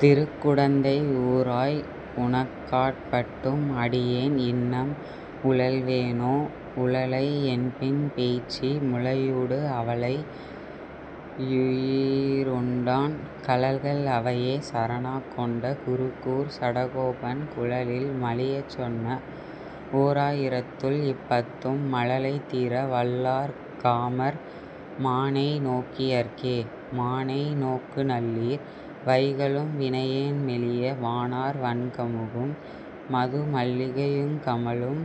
திருக்குடந்தை ஊராய். உனக்காட்பட்டும் அடியேன் இன்னம் உழல்வேனோ? உழலை யென்பின் பேய்ச்சி முலையூடு அவளை யுயிருண்டான், கழல்கள் அவையே சரணாக் கொண்ட குருகூர்ச் சடகோபன், குழலில் மலியச் சொன்ன ஓராயிரத்துள் இப்பத்தும் மழலை தீர வல்லார் காமர் மானேய் நோக்கியர்க்கே. மானேய் நோக்குநல்லீர். வைகலும்வினை யேன்மெலிய, வானார் வண்கமுகும் மதுமல்லிகை யுங்கமழும்,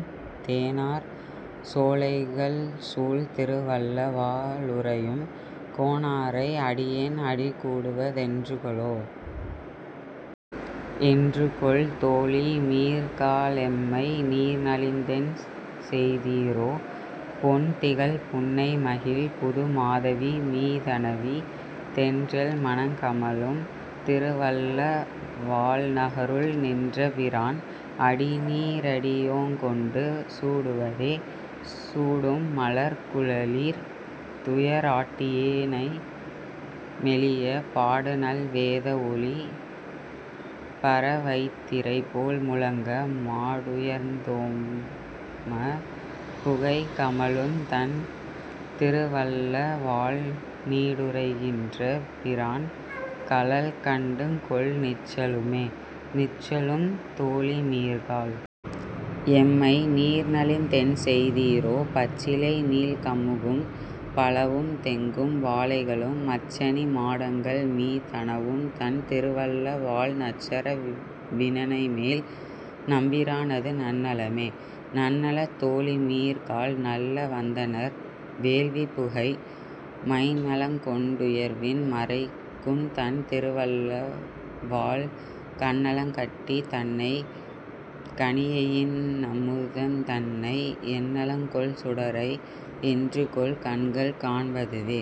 தேனார் சோலைகள்சூழ் திருவல்ல வாழுறையும் கோனா ரை, அடியேண் அடிகூடுவ தென்றுகொலோ?. என்றுகொல் தோழிமீர்காளெம்மைநீர்நலிந் தென்செய்தீரோ? பொன்திகழ் புன்னைமகிழ் புதுமாதவி மீதணவி, தென்றல் மணங்கமழும் திருவல்ல வாழ்நகருள் நின்றபி ரான், அடிநீ றடியோங்கொண்டு சூடுவதே?. சூடும் மலர்க்குழலீர். துயராட்டியே னைமெலிய, பாடுநல் வேதவொலி பரவைத்திரை போல்முழங்க, மாடுயர்ந் தோமப்புகை கமழும்தண் திருவல்லவாழ் நீடுறை கின்றபிரான் கழல்கண்டுங்கொல் நிச்சலுமே?. நிச்சலும் தோழிமீர்காள். எம்மை நீர்நலிந் தென்செய்தீரோ? பச்சிலை நீள்கமுகும் பலவும்தெங்கும் வாழைகளும், மச்சணி மாடங்கள்மீ தணவும்தண் திருவல்லவாழ் நச்சர வினணைமேல் நம்பிரானது நன்னலமே.. நன்னலத் தோழிமீர்காள். நல்லவந்தணர் வேள்விப்புகை, மைந்நலங் கொண்டுயர்விண் மறைக்கும்தண் திருவல்லவாழ், கன்னலங் கட்டிதன்னைக் கனியையின் னமுதந்தன்னை, என்னலங் கொள்சுடரை என்றுகொல்கண்கள் காண்பதுவே?.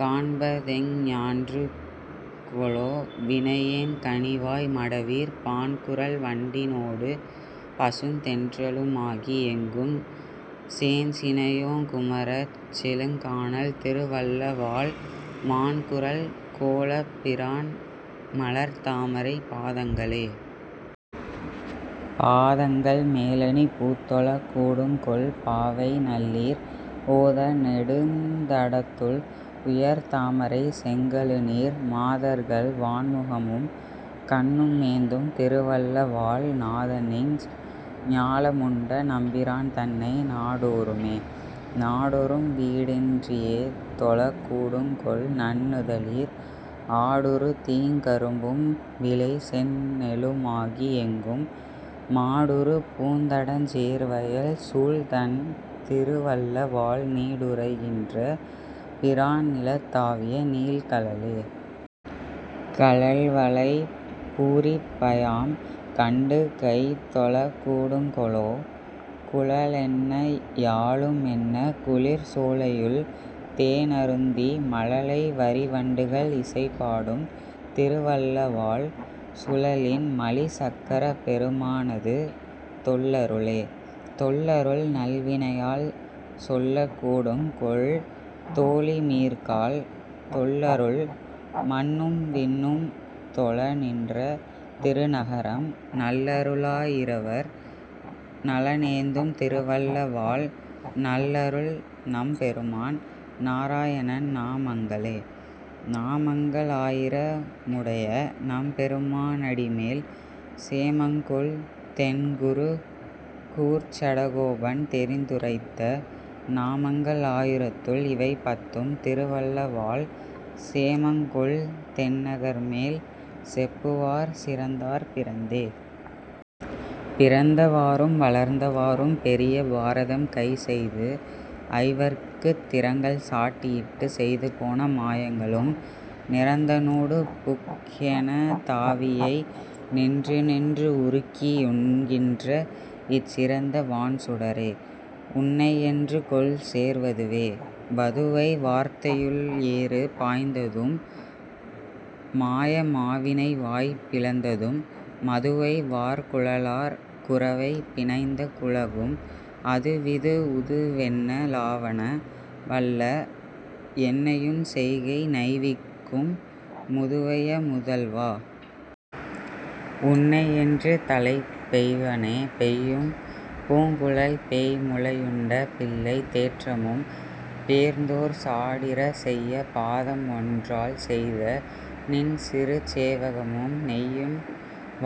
காண்பதெஞ் ஞான்றுகொலொ வினையேன்கனி வாய்மடவீர், பாண்குரல் வண்டினோடு பசுந்தென்றலு மாகியெங்கும், சேண்சினை யோங்குமரச் செழுங்கானல் திருவல்லவாழ், மாண்குறள் கோலப்பிரான் மலர்த்தாமரைப் பாதங்களே?. பாதங்கள் மேலணிபூத் தொழக்கூடுங்கொல் பாவைநல்லீர், ஓத நெடுந்தடத்துள் உயர்தாமரை செங்கழுநீர், மாதர்கள் வாண்முகமும் கண்ணுமேந்தும் திருவல்லவாழ், நாதனிஞ் ஞாலமுண்ட நம்பிரான்தன்னை நாடோ றுமே?. நாடொறும் வீடின்றியே தொழக்கூடுங்கொல் நன்னுதலீர், ஆடுறு தீங்கரும்பும் விளைசெந்நெலு மாகியெங்கும், மாடுறு பூந்தடஞ்சேர் வயல்சூழ்தண் திருவல்லவாழ், நீடுறை கின்றபிரான் நிலந்தாவிய நீள்கழலே?. கழல்வளை பூரிப்பயாம் கண்டுகைதொழக் கூடுங்கொலோ, குழலென்ன யாழுமென்னக் குளிர்சோலையுள் தேனருந்தி, மழலை வரிவண்டுகள் இசைபாடும் திருவல்லவாழ், சுழலின் மலிசக்கரப் பெருமானது தொல்லருளே?. தொல்லருள் நல்வினையால் சொல்லக்கூடுங்கொல் தோழிமீர்காள், தொல்லருள் மண்ணும்விண்ணும் தொழநின்ற திருநகரம், நல்லரு ளாயிரவர் நலனேந்தும் திருவல்லவாழ், நல்லருள் நம்பெருமான் நாராயணன் நாமங்களே? நாமங்க ளாயிர முடையநம்பெரு மானடிமேல், சேமங்கொள் தென்குருகூர்ச்சடகோபன் தெரிந்துரைத்த, நாமங்க ளாயிரத்துள் இவைபத்தும் திருவல்லவாழ், சேமங்கொள் தென்னகர்மேல் செப்புவார்சிறந் தார்பிறந்தே. பிறந்த வாறும் வளர்ந்த வாறும் பெரிய பாரதம் கைசெய்து, ஐவர்க்குத் திறங்கள் சாட்டி யிட்டுச் செய்து போன மாயங்களும், நிறந்த னூடுபுக் கெனதாவியை நின்றுநின்று உருக்கி யுண்கின்ற, இச் சிறந்த வான்சுட ரே. உன்னை யென்றுகொல் சேர்வதுவே.. வதுவை வார்த்தையுள் ஏறு பாய்ந்ததும் மாய மாவினை வாய்பி ளந்ததும் மதுவைவார் குழலார் குரவை பிணைந்த குழகும், அதுவிது உதுவென்ன லாவன வல்ல என்னையுன் செய்கை நைவிக்கும், முதுவைய முதல்வா. உன்னை யென்று தலைப் பெய்வனே?. பெய்யும் பூங்குழல் பேய்முலை யுண்ட பிள்ளைத் தேற்றமும், பேர்ந்தோர் சாடிறச் செய்ய பாதமொன் றால்செய்த நின்சிறுச் சேவகமும், நெய்யுண்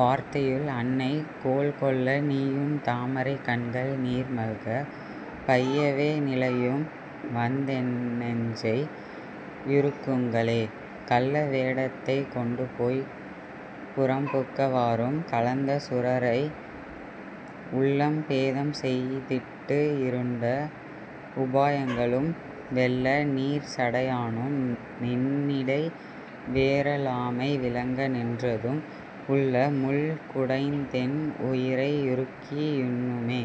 வார்த்தையுள், அன்னை கோல்கொள்ள நீயுன் தாமரைக் கண்கள் நீர்மல்க, பையவே நிலையும் வந்தென் னெஞ்சை யுருக்குங்களே.. கள்ள வேடத்தைக் கொண்டுபோய்ப் புறம்புக்க வாறும், கலந்தசுரரை உள்ளம் பேதம்செய் திட்டுயி ருண்ட உபாயங்களும், வெள்ள நீர்ச்சடை யானும் நின்னிடை வேறலாமை விளங்க நின்றதும், உள்ளமுள் குடைந்தென் உயிரை யுருக்கி யுண்ணுமே..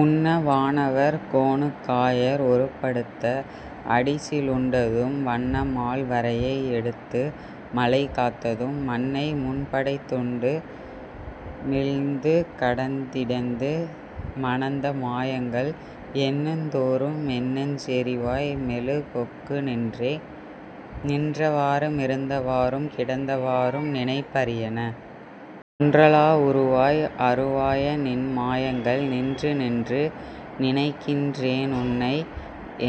உண்ண வானவர் கோனுக் காயர் ஒருப்படுத்த அடிசி லுண்டதும், வண்ணமால் வரையை யெடுத்து மழைகாத்ததும், மண்ணை முன்படைத் துண்டு மிழ்ந்துக டந்தி டந்து மணந்த மாயங்கள், எண்ணுந் தோறுமென் னெஞ்செரி வாய் மெழு கொக்குநின்றே.. நின்ற வாறு மிருந்த வாறும் கிடந்த வாறும் நினைப்பரியன ஒன்றலா வுருவாய் அருவாயநின் மாயங்கள், நின்று நின்று நினைக்கின் றேனுன்னை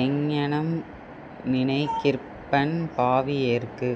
எங்ங னம்நினை கிற்பன், பாவியேற்கு